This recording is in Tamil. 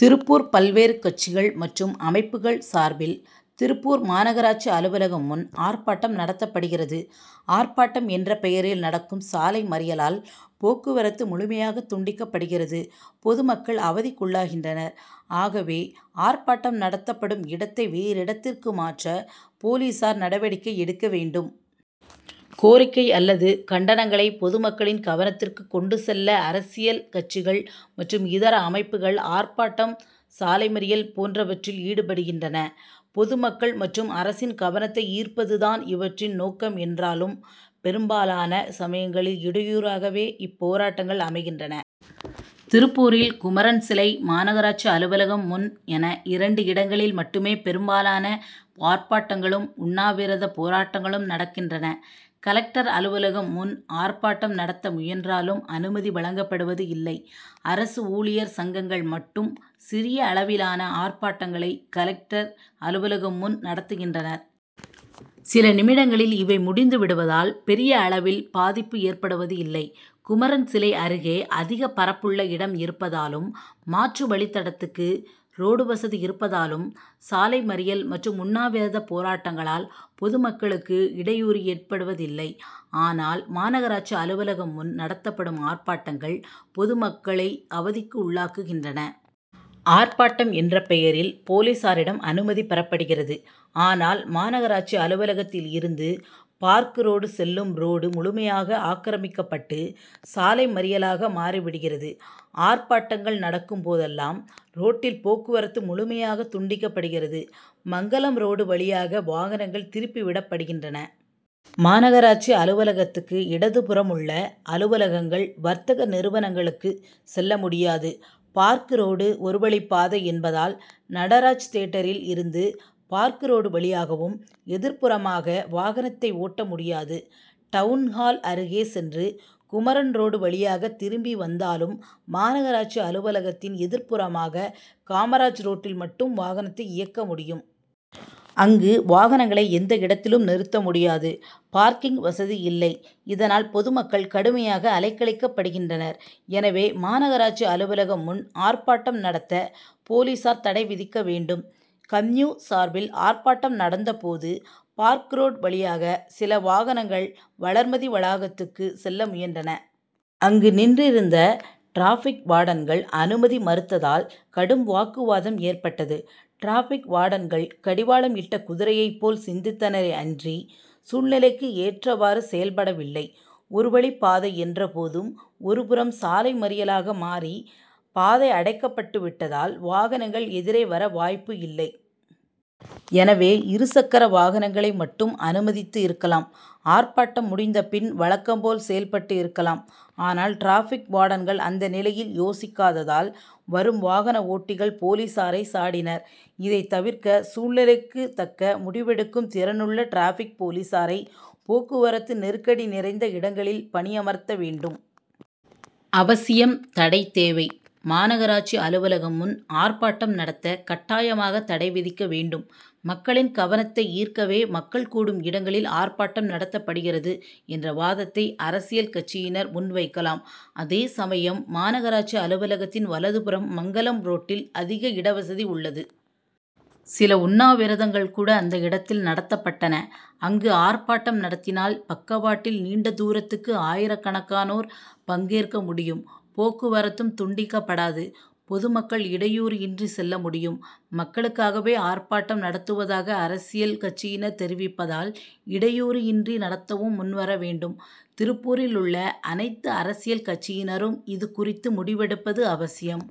திருப்பூர் பல்வேறு கட்சிகள் மற்றும் அமைப்புகள் சார்பில் திருப்பூர் மாநகராட்சி அலுவலகம் முன் ஆர்ப்பாட்டம் நடத்தப்படுகிறது. ஆர்ப்பாட்டம் என்ற பெயரில் நடக்கும் சாலை மறியலால் போக்குவரத்து முழுமையாக துண்டிக்கப்படுகிறது பொது மக்கள் அவதிக்குள்ளாகின்றனர். ஆகவே ஆர்ப்பாட்டம் நடத்தப் படும் இடத்தை வேறிடத்துக்கு மாற்ற போலீசார் நடவடிக்கை எடுக்க வேண்டும். கோரிக்கை அல்லது கண்டனங் களை பொதுமக்களின் கவனத்துக்கு கொண்டு செல்ல அரசியல் கட்சிகள் மற்றும் இதர அமைப்புகள் ஆர்ப் பாட்டம் சாலை மறியல் போன்ற வற்றில் ஈடுபடுகின்றன. பொதுமக்கள் மற்றும் அரசின் கவனத்தை ஈர்ப்பது தான் இவற்றின் நோக்கம் என்றாலும் பெரும்பாலான சமயங்களில் இடையூறாகவே இப்போராட்டங்கள் அமைகின்றன. திருப்பூரில் குமரன் சிலை மாநகராட்சி அலுவலகம் முன் என இரண்டு இடங்களில் மட்டுமே பெரும்பாலான ஆர்ப்பாட்டங்களும் உண்ணாவிரத போராட்டங்களும் நடக்கின்றன. கலெக்டர் அலுவலகம் முன் ஆர்ப்பாட்டம் நடத்த முயன்றாலும் அனுமதி வழங்கப்படுவது இல்லை. அரசு ஊழியர் சங்கங்கள் மட்டும் சிறிய அளவிலான ஆர்ப்பாட்டங்களை கலெக்டர் அலுவலகம் முன் நடத்துகின்றனர். சில நிமிடங்களில் இவை முடிந்து விடுவதால் பெரிய அளவில் பாதிப்பு ஏற்படுவது இல்லை. குமரன் சிலை அருகே அதிக பரப்புள்ள இடம் இருப்பதாலும் மாற்று வழித்தடத்துக்கு ரோடு வசதி இருப்பதாலும் சாலை மறியல் மற்றும் உண்ணாவிரத போராட்டங் களால் பொது மக்களுக்கு இடையூறு ஏற்படுவதில்லை. ஆனால் மாநகராட்சி அலுவலகம் முன் நடத்தப்படும் ஆர்ப்பாட்டங்கள் பொதுமக்களை அவதிக்கு உள்ளாக்கு கின்றன. ஆர்ப்பாட்டம் என்ற பெயரில் போலீசாரிடம் அனுமதி பெறப்படுகிறது. ஆனால் மாநக ராட்சி அலுவலகத்தில் இருந்து பார்க் ரோடு செல்லும் ரோடு முழுமையாக ஆக்கிரமிக்கப்பட்டு சாலை மறியலாக மாறி விடுகிறது. ஆர்ப் பாட்டங்கள் நடக்கும் போதெல்லாம் ரோட்டில் போக்குவரத்து முழுமை யாக துண்டிக்கப்படுகிறது. மங்கலம் ரோடு வழியாக வாகனங்கள் திருப்பி விடப்படுகின்றன. மாநகராட்சி அலுவலகத்துக்கு இடதுபுறமுள்ள அலுவலகங்கள் வர்த்தக நிறுவனங்களுக்குச் செல்ல முடியாது. பார்க் ரோடு ஒரு வழிப்பாதை என்பதால் நடராஜ் தியேட்டரில் இருந்து பார்க் ரோடு வழியாகவும் எதிர்ப்புறமாக வாகனத்தை ஓட்ட முடியாது. டவுன்ஹால் அருகே சென்று குமரன் ரோடு வழியாக திரும்பி வந் தாலும் மாநகராட்சி அலுவலகத்தின் எதிர்ப்புறமாக காமராஜ் ரோட்டில் மட்டும் வாகனத்தை இயக்க முடி யும். அங்கு வாகனங்களை எந்த இடத் திலும் நிறுத்த முடியாது பார்க்கிங் வசதி இல்லை. இதனால் பொதுமக் கள் கடுமையாக அலைக்கழிக்கப்படு கின்றனர். எனவே மாநகராட்சி அலுவல கம் முன் ஆர்ப்பாட்டம் நடத்த போலீசார் தடை விதிக்க வேண்டும். கம்யூ. சார்பில் ஆர்ப்பாட்டம் நடந்த போது பார்க் ரோடு வழியாக சில வாகனங் கள் வளர்மதி வளாகத்துக்கு செல்ல முயன்றன. அங்கு நின்றிருந்த டிராபிக் வார்டன்கள் அனுமதி மறுத்ததால் கடும் வாக்குவாதம் ஏற்பட்டது. டிராபிக் வார்டன்கள் கடிவாளம் இட்ட குதிரையைப் போல் சிந்தித்தனரே அன்றி சூழ் நிலைக்கு ஏற்றவாறு செயல்படவில்லை. ஒரு வழிப்பாதை என்ற போதும் ஒரு புறம் சாலை மறியலாக மாறி பாதை அடைக்கப்பட்டு விட்டதால் வாகனங்கள் எதிரே வர வாய்ப்பு இல்லை. எனவே இரு சக்கர வாகனங்களை மட்டும் அனுமதித்து இருக்கலாம். ஆர்ப்பாட்டம் முடிந்த பின் வழக்கம் போல் செயல்பட்டு இருக்கலாம். ஆனால் டிராபிக் வார்டன்கள் அந்த நிலையில் யோசிக்காததால் வரும் வாகன ஓட்டிகள் போலீசாரை சாடி னர். இதைத்தவிர்க்க சூழ்நிலைக்கு தக்க முடிவெடுக்கும் திறனுள்ள டிராபிக் போலீசாரை போக்குவரத்து நெருக்கடி நிறைந்த இடங்களில் பணியமர்த்த வேண்டும். அவசியம் தடை தேவை மாநக ராட்சி அலுவலம் முன் ஆர்ப்பாட்டம் நடத்த கட்டாயமாக தடை விதிக்க வேண்டும். மக்களின் கவனத்தை ஈர்க்கவே மக்கள் கூடும் இடங்களில் ஆர்ப்பாட்டம் நடத்தப்படுகிறது என்ற வாதத்தை அரசியல் கட்சியினர் முன்வைக்கலாம். அதேசமயம் மாநகராட்சி அலுவல கத்தின் வலதுபுறம் மங்கலம் ரோட் டில் அதிக இடவசதி உள்ளது. சில உண்ணாவிரதங்கள் கூட அந்த இடத்தில் நடத்தப்பட்டன. அங்கு ஆர்ப்பாட்டம் நடத்தினால் பக்க வாட்டில் நீண்ட தூரத்துக்கு ஆயிரக்கணக்கானோர் பங்கேற்க முடியும் போக்குவரத்தும் துண்டிக்கப் படாது. பொதுமக்கள் இடையூறு இன்றி செல்ல முடியும். மக்களுக்காகவே ஆர்ப்பாட்டம் நடத்துவதாக அரசியல் கட்சியினர் தெரிவிப்பதால் இடையூறு இன்றி நடத்தவும் முன்வர வேண்டும். திருப்பூரில் உள்ள அனைத்து அரசியல் கட்சியினரும் இதுகுறித்து முடிவெடுப்பது அவசியம்.